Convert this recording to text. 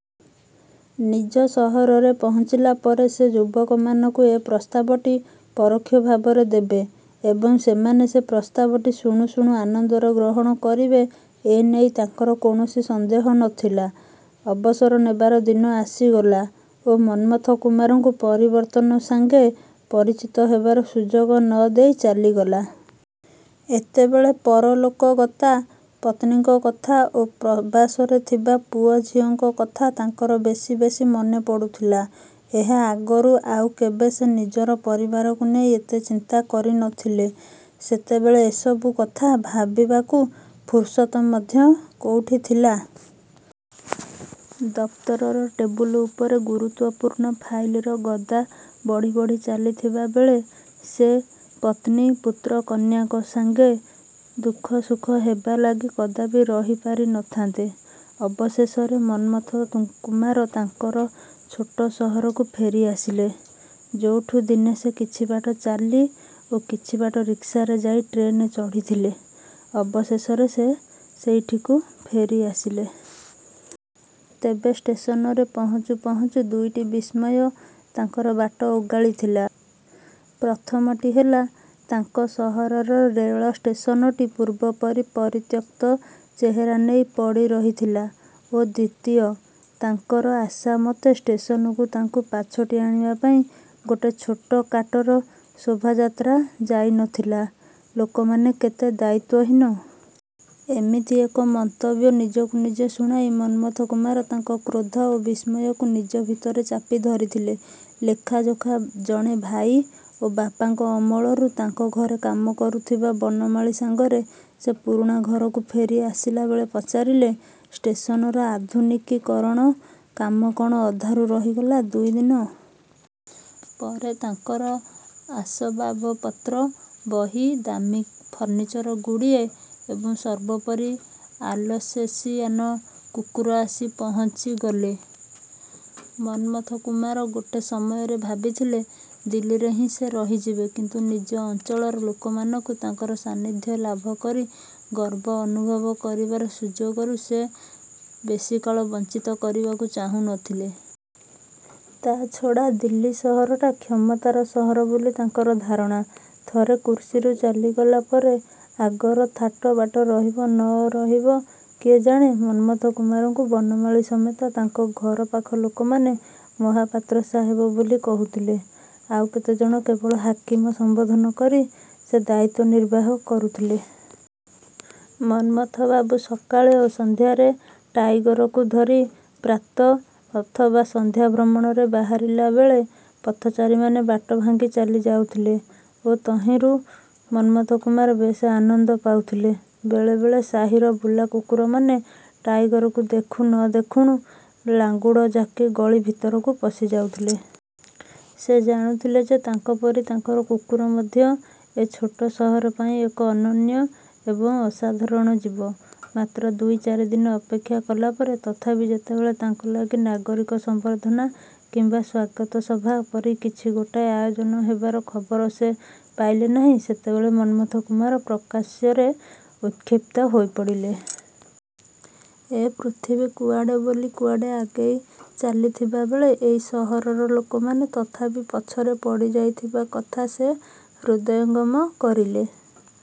ନିଜ ସହରରେ ପହଞ୍ଚିଲା ପରେ ସେ ଯୁବକମାନଙ୍କୁ ଏ ପ୍ରସ୍ତାବଟି ପରୋକ୍ଷ ଭାବରେ ଦେବେ ଏବଂ ସେମାନେ ସେ ପ୍ରସ୍ତାବଟି ଶୁଣୁ ଶୁଣୁ ଆନନ୍ଦରେ ଗ୍ରହଣ କରିବେ ଏ ନେଇ ତାଙ୍କର କୌଣସି ସନ୍ଦେହ ନଥିଲା। ଅବସର ନେବାର ଦିନ ଆସିଗଲା ଓ ମନ୍ମଥ କୁମାରଙ୍କୁ ପରିବର୍ତ୍ତନ ସାଙ୍ଗେ ପରିଚିତ ହେବାର ସୁଯୋଗ ନ ଦେଇ ଚାଲିଗଲା। ଏତେବେଳେ ପରଲୋକଗତା ପତ୍ନୀଙ୍କ କଥା ଓ ପ୍ରବାସରେ ଥିବା ପୁଅ ଝିଅଙ୍କ କଥା ତାଙ୍କର ବେଶି ବେଶି ମନେ ପଡ଼ୁଥିଲା। ଏହା ଆଗରୁ ଆଉ କେବେ ସେ ନିଜର ପରିବାରକୁ ନେଇ ଏତେ ଚିନ୍ତା କରି ନଥିଲେ। ସେତେବେଳେ ଏସବୁ କଥା ଭାବିବାକୁ ଫୁରୁସତ ମଧ୍ୟ କୋଉଠି ଥିଲା? ଦପ୍ତରର ଟେବୁଲ ଉପରେ ଗୁରୁତ୍ୱପୂର୍ଣ୍ଣ ଫାଇଲର ଗଦା ବଢ଼ି ବଢ଼ି ଚାଲିଥିବାବେଳେ ସେ ପତ୍ନୀ-ପୁତ୍ର-କନ୍ୟାଙ୍କ ସାଙ୍ଗେ ଦୁଃଖସୁଖ ହେବା ଲାଗି କଦାପି ରହି ପାରି ନଥାନ୍ତେ। ଅବଶେଷରେ ମନ୍ମଥ କୁମାର ତାଙ୍କର ଛୋଟ ସହରକୁ ଫେରି ଆସିଲେ। ଯୋଉଠୁ ଦିନେ ସେ କିଛି ବାଟ ଚାଲି ଓ କିଛି ବାଟ ରିକ୍ସାରେ ଯାଇ ଟ୍ରେନ ଚଢ଼ିଥିଲେ ଅବଶେଷରେ ସେ ସେଇଠିକୁ ଫେରିଆସିଲେ। ତେବେ ଷ୍ଟେସନରେ ପହଞ୍ଚୁ ପହଞ୍ଚୁ ଦୁଇଟି ବିସ୍ମୟ ତାଙ୍କର ବାଟ ଓଗାଳିଥିଲା। ପ୍ରଥମଟି ହେଲା, ତାଙ୍କ ସହରର ରେଳଷ୍ଟେସନଟି ପୂର୍ବପରି ପରିତ୍ୟକ୍ତ ଚେହେରା ନେଇ ପଡ଼ିରହିଥିଲା ଓ ଦ୍ୱିତୀୟ, ତାଙ୍କର ଆଶାମତେ ଷ୍ଟେସନକୁ ତାଙ୍କୁ ପାଛୋଟି ଆଣିବା ପାଇଁ ଗୋଟେ ଛୋଟକାଟର ଶୋଭାଯାତ୍ରା ଯାଇନଥିଲା! ଲୋକମାନେ କେତେ ଦାୟିତ୍ୱହୀନ! ଏମିତି ଏକ ମନ୍ତବ୍ୟ ନିଜକୁ ନିଜେ ଶୁଣାଇ ମନ୍ମଥ କୁମାର ତାଙ୍କ କ୍ରୋଧ ଓ ବିସ୍ମୟକୁ ନିଜ ଭିତରେ ଚାପି ଧରିଥିଲେ। ଲେଖାଯୋଖା ଜଣେ ଭାଇ ଓ ବାପାଙ୍କ ଅମଳରୁ ତାଙ୍କ ଘରେ କାମ କରୁଥିବା ବନମାଳୀ ସାଙ୍ଗରେ ସେ ପୁରୁଣା ଘରକୁ ଫେରି ଆସିଲାବେଳେ ପଚାରିଲେ, "ଷ୍ଟେସନର ଆଧୁନିକୀକରଣ କାମ କଣ ଅଧାରୁ ରହିଗଲା?"ଦୁଇଦିନ ପରେ ତାଙ୍କର ଆସବାବପତ୍ର, ବହି, ଦାମୀ ଫର୍ଣ୍ଣିଚର ଗୁଡ଼ିଏ ଏବଂ ସର୍ବୋପରି ଆଲସେସିଆନ କୁକୁର ଆସି ପହଞ୍ଚିଗଲେ। ମନ୍ମଥ କୁମାର ଗୋଟେ ସମୟରେ ଭାବିଥିଲେ, ଦିଲ୍ଲୀରେ ହିଁ ସେ ରହିଯିବେ। କିନ୍ତୁ ନିଜ ଅଞ୍ଚଳର ଲୋକମାନଙ୍କୁ ତାଙ୍କର ସାନ୍ନିଧ୍ୟ ଲାଭ କରି ଗର୍ବ ଅନୁଭବ କରିବାର ସୁଯୋଗରୁ ସେ ବେଶିକାଳ ବଞ୍ଚିତ କରିବାକୁ ଚାହୁଁ ନଥିଲେ। ତା'ଛଡ଼ା ଦିଲ୍ଲୀ ସହରଟା କ୍ଷମତାର ସହର ବୋଲି ତାଙ୍କର ଧାରଣା। ଥରେ କୁର୍ସୀରୁ ଚାଲିଗଲା ପରେ ଆଗର ଥାଟବାଟ ରହିବ ନ ରହିବ କିଏ ଜାଣେ! ମନ୍ମଥ କୁମାରଙ୍କୁ ବନମାଳୀ ସମେତ ତାଙ୍କ ଘରପାଖ ଲୋକମାନେ ମହାପାତ୍ର ସାହେବ ବୋଲି କହୁଥିଲେ। ଆଉ କେତେଜଣ କେବଳ 'ହାକିମ' ସମ୍ବୋଧନ କରି ସେ ଦାୟିତ୍ୱ ନିର୍ବାହ କରୁଥିଲେ। ମନ୍ମଥବାବୁ ସକାଳେ ଓ ସନ୍ଧ୍ୟାରେ ଟାଇଗରକୁ ଧରି ପ୍ରାତଃ ଅଥବା ସନ୍ଧ୍ୟା ଭ୍ରମଣରେ ବାହାରିଲା ବେଳେ ପଥଚାରୀମାନେ ବାଟ ଭାଙ୍ଗି ଚାଲି ଯାଉଥିଲେ ଓ ତହିଁରୁ ମନ୍ମଥ କୁମାର ବେଶ୍ ଆନନ୍ଦ ପାଉଥିଲେ। ବେଳେବେଳେ ସାହିର ବୁଲାକୁକୁରମାନେ ଟାଇଗରକୁ ଦେଖୁ ନ ଦେଖୁଣୁ ଲାଙ୍ଗୁଡ଼ ଜାକି ଗଳି ଭିତରକୁ ପଶିଯାଉଥିଲେ। ସେ ଜାଣୁଥିଲେ ଯେ ତାଙ୍କ ପରି ତାଙ୍କର କୁକୁର ମଧ୍ୟ ଏ ଛୋଟ ସହର ପାଇଁ ଏକ ଅନନ୍ୟ ଏବଂ ଅସାଧାରଣ ଜୀବ! ମାତ୍ର ଦୁଇ ଚାରିଦିନ ଅପେକ୍ଷା କଲାପରେ ତଥାପି ଯେତେବେଳେ ତାଙ୍କ ଲାଗି ନାଗରିକ ସମ୍ବର୍ଦ୍ଧନା କିମ୍ବା ସ୍ୱାଗତ ସଭା ପରି କିଛି ଗୋଟାଏ ଆୟୋଜନ ହେବାର ଖବର ସେ ପାଇଲେ ନାହିଁ, ସେତେବେଳେ ମନ୍ମଥ କୁମାର ପ୍ରକାଶ୍ୟରେ ଉତ୍କ୍ଷିପ୍ତ ହୋଇପଡ଼ିଲେ। ଏ ପୃଥିବୀ କୁଆଡ଼େ ବୋଲି କୁଆଡ଼େ ଆଗେଇ ଚାଲିଥିବାବେଳେ ଏଇ ସହରର ଲୋକମାନେ ତଥାପି ପଛରେ ପଡ଼ିଯାଇଥିବା କଥା ସେ ହୃଦୟଙ୍ଗମ କରିଲେ।